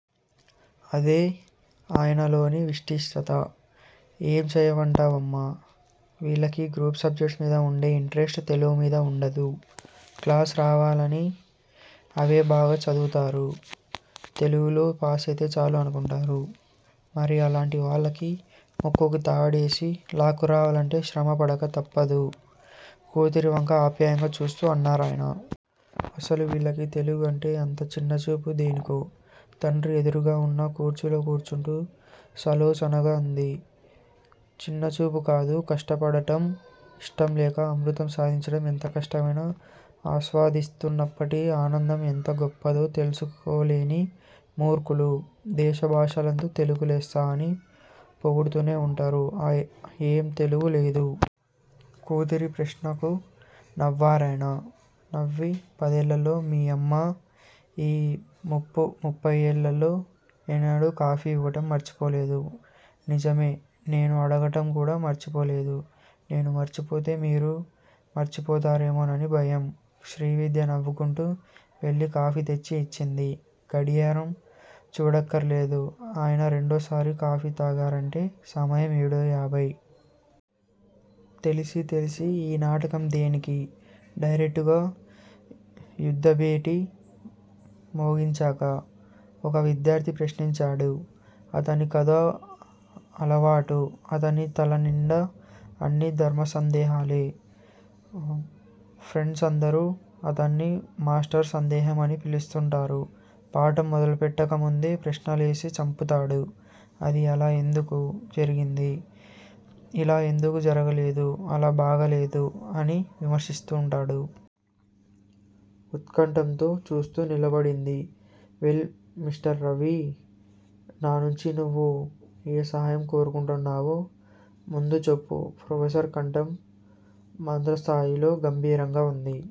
అదే ఆయనలోని విశిష్టత! ఏం చెయ్యమంటావమ్మా. వీళ్ళకి గ్రూప్ సబ్జెక్ట్స్ మీద వుండే యింట్రస్టు తెలుగుమీద వుండదు. క్లాస్ రావాలని అవే బాగా చదువుతారు. తెలుగులో పాసైతే చాల్లే అనుకుంటారు. మరి అలాంటి వాళ్ళకి ముక్కుకి తాడేసి లాక్కురావాలంటే శ్రమ పడక తప్పదు కూతురివంక ఆప్యాయంగా చూస్తూ అన్నారాయన. అసలు వీళ్ళకి తెలుగంటే అంత చిన్నచూపు దేనికో తండ్రి ఎదురుగావున్న కుర్చీలో కూర్చుంటూ సాలోచనగా అంది. చిన్నచూపు కాదు. కష్టపడటం యిష్టంలేక. అమృతం సాధించడం ఎంతకష్టమైనా ఆస్వాదిస్తున్నప్పటి ఆనందం ఎంత గొప్పదో తెలుసుకోలేని మూర్ఖులు. దేశ భాషలందు తెలుగు లెస్స అని పొగుడుతూనే వుంటారు. ఆ ఏం తెలుగు లెద్దూ! కూతురి ప్రశ్నకు నవ్వారాయన. నువ్వీ పదేళ్ళలో మీ అమ్మ యీ ముప్పయ్యేళ్ళల్లో ఎన్నడూ కాఫీ ఇవ్వటం మర్చిపోలేదు. నిజమే నేను అడగటం కూడా మర్చిపోలేదు. నేను మరిచిపోతే మీరూ మరిచిపోతారేమోనని భయం. శ్రీవిద్య నవ్వుకుంటూ వెళ్ళి కాఫీ తెచ్చి యిచ్చింది. గడియారం చూడక్కర్లేదు. ఆయన రెండోసారి కాఫీ తాగారంటే సమయం ఏడూ యాభై. తెలిసి తెలిసీ యీ నాటకం దేనికి? డైరక్టుగా యుద్ధభేరీ మోగించక? ఒక విద్యార్ధి ప్రశ్నించాడు. అతని కదో అలవాటు. అతని తలనిండా అన్నీ ధర్మసందేహాలే. ఫ్రండ్సందరూ అతన్ని మాస్టర్ సందేహం అని పిలుస్తుంటారు. పాఠం మొదలుపెట్టకముందే ప్రశ్నలేసి చంపుతాడు. 'అది అలా ఎందుకు జరిగింది? ఇలా ఎందుకు జరగలేదు; అలా బాగాలేదు' అని విమర్శిస్తుంటాడు. ఉత్కంఠతో చూస్తూ నిలబడింది. Well mister Ravi! నా నుంచి నువు ఏ సహాయం కోరుకుంటున్నావో ముందుచెప్పు ప్రొఫెసర్ కంఠం మంద్రస్థాయిలో గంభీరంగా వుంది.